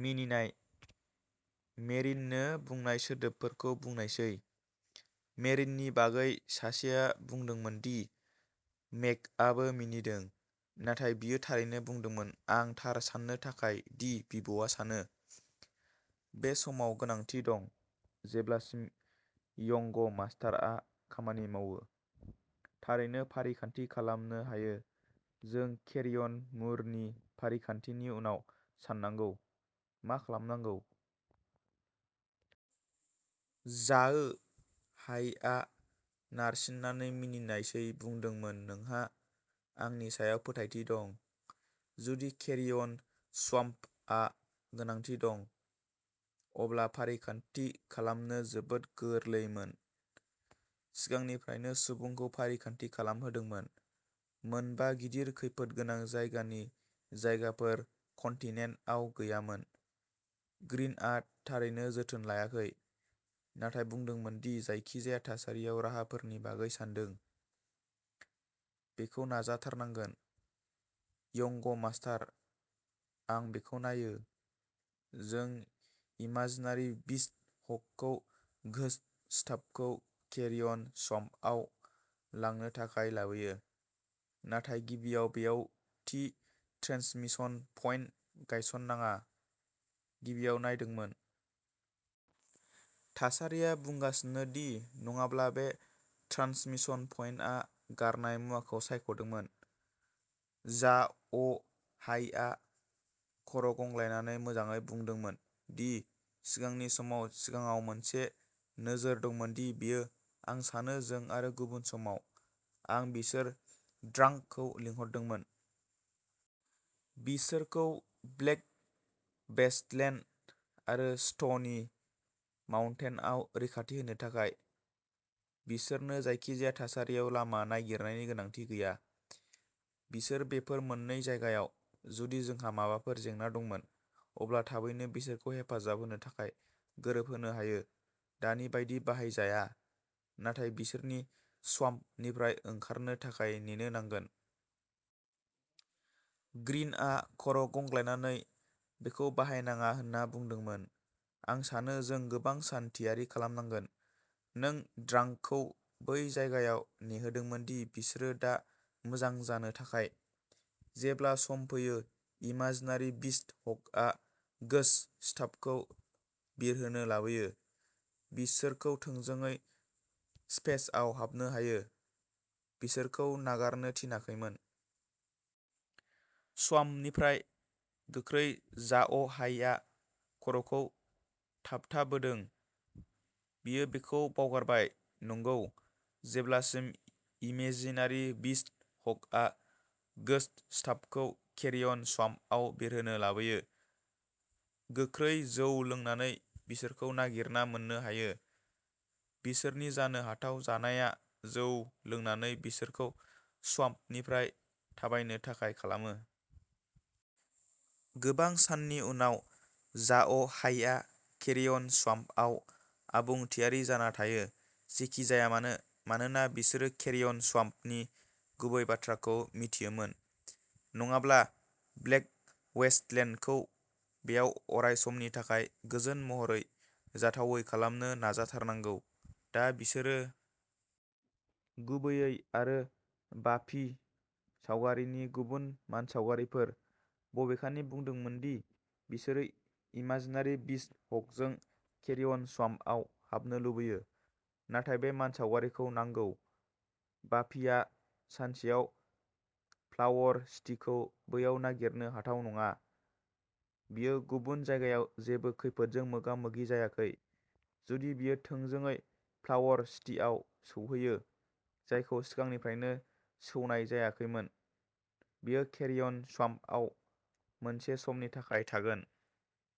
मिनिनाय, मेरिननो बुंनाय सोदोबफोरखौ बुंनायसै, मेरिननि बागै सासेआ बुंदोंमोन दि मेगआबो मिनिदों, नाथाय बियो थारैनो बुंदोंमोन आं थार सान्नो थाखाय दि बिबौआ सानो, बे समाव गोनांथि दं, जेब्लासिम यंग मास्टारआ खामानि मावो, थारैनो फारिखान्थि खालामनो हायो, जों केरियन मुरनि फारिखान्थिनि उनाव साननांगौ, मा खालामनांगौ। झाओ हायआ नारसिननानै मिनिनायसै बुंदोंमोन नोंहा आंनि सायाव फोथायथि दं, जुदि केरियन स्वाम्पआ गोनांथि दं अब्ला फारिखान्थि खालामनो जोबोद गोरलैमोन, सिगांनिफ्रायनो सुबुंखौ फारिखान्थि खालामहोदोंमोन, मोनबा गिदिर खैफोद गोनां जायगानि जायगाफोर कन्टिनेन्टआव गैयामोन। ग्रिनआ थारैनो जोथोन लायाखै, नाथाय बुंदोंमोन दि जायखिजाया थासारियाव राहाफोरनि बागै सानदों, बेखौ नाजाथारनांगोन, यंग मास्टार, आं बेखौ नायो, जों इमाजिनारि बिस्ट हकखौ घोस्ट स्टाफखौ केरियन स्वाम्पआव लांनो थाखाय लाबोयो, नाथाय गिबियाव बैयाव थि ट्रेन्समिशन पइन्ट गायसन्नाङा, गिबियाव नायदोंमोन। थासारिया बुंगासिनो दि नङाब्ला बे ट्रान्समिसन पइन्टआ गारनाय मुवाखौ सायख'दोंमोन। झाअ'हायआ खर'गंग्लायनानै मोजाङै बुंदोंमोन, दि सिगांनि समाव सिगाङाव मोनसे नोजोर दंमोन दि बेयो, आं सानो जों आरो गुबुन समाव, आं बिसोर ड्रांकखौ लिंहरदोंमोन, बिसोरखौ ब्लेक वेस्टलेन्ड आरो स्ट'नि माउन्टेनआव रैखाथि होनो थाखाय, बिसोरनो जायखिजाया थासारियाव लामा नागिरनायनि गोनांथि गैया, बिसोर बेफोर मोननै जायगायाव, जुदि जोंहा माबाफोर जेंना दंमोन, अब्ला थाबैनो बिसोरखौ हेफाजाब होनो थाखाय गोरोबहोनो हायो, दानि बायदि बाहायजाया, नाथाय बिसोरनि स्वाम्पनिफ्राय ओंखारनो थाखाय नेनो नांगोन। ग्रीनआ खर'गंग्लायनानै बेखौ बाहायनाङा होनना बुंदोंमोन, आं सानो जों गोबां सान थियारि खालामनांगोन, नों ड्रांकखौ बै जायगायाव नेहोदोंमोन दि बिसोरो दा मोजां जानो थाखाय, जेब्ला सम फैयो इमाजिनारि बिस्ट हकआ घोस्ट स्टाफखौ बिरहोनो लाबोयो, बिसोरखौ थोंजोङै स्पेसआव हाबनो हायो, बिसोरखौ नागारनो थिनाखैमोन। स्वाम्पनिफ्राय गोख्रै झाअ'हायआ खर'खौ थाबथाबोदों, बियो बेखौ बावगारबाय, नंगौ, जेब्लासिम इमेजिनारि बिस्ट हकआ घोस्ट स्टाफखौ केरियन स्वाम्पआव बिरहोनो लाबोयो, गोख्रै जौ लोंनानै बिसोरखौ नागिरना मोन्नो हायो, बिसोरनि जानो हाथाव जानाया जौ लोंनानै बिसोरखौ स्वाम्पनिफ्राय थाबायनो थाखाय खालामो। गोबां साननि उनाव, झाअ'हायआ केरियन स्वाम्पआव आबुं थियारि जाना थायो, जेखि जाया मानो, मानोना बिसोरो केरियन स्वाम्पनि गुबै बाथ्राखौ मिथियोमोन, नङाब्ला ब्लेक वेस्टलेन्डखौ बेयाव अरायसमनि थाखाय गोजोन महरै जाथावै खालामनो नाजाथारनांगौ। दा बिसोरो गुबैयै आरो बाफि सावगारिनि गुबुन मानसावगारिफोर, बबेखानि बुंदोंमोन दि बिसोरो इमाजिनारि बिस्ट हकजों केरियन स्वाम्पआव हाबनो लुबैयो, नाथाय बे मानसावगारिखौ नांगौ, बाफिआ सानसेआव फ्लावर सिटीखौ बैयाव नागिरनो हाथाव नङा, बियो गुबुन जायगायाव जेबो खैफोदजों मोगा-मोगि जायाखै, जुदि बियो थोंजोङै फ्लावर सिटीआव सौहैयो, जायखौ सिगांनिफ्रायनो सौनाय जायाखैमोन, बेयो केरियन स्वाम्पआव मोनसे समनि थाखाय थागोन।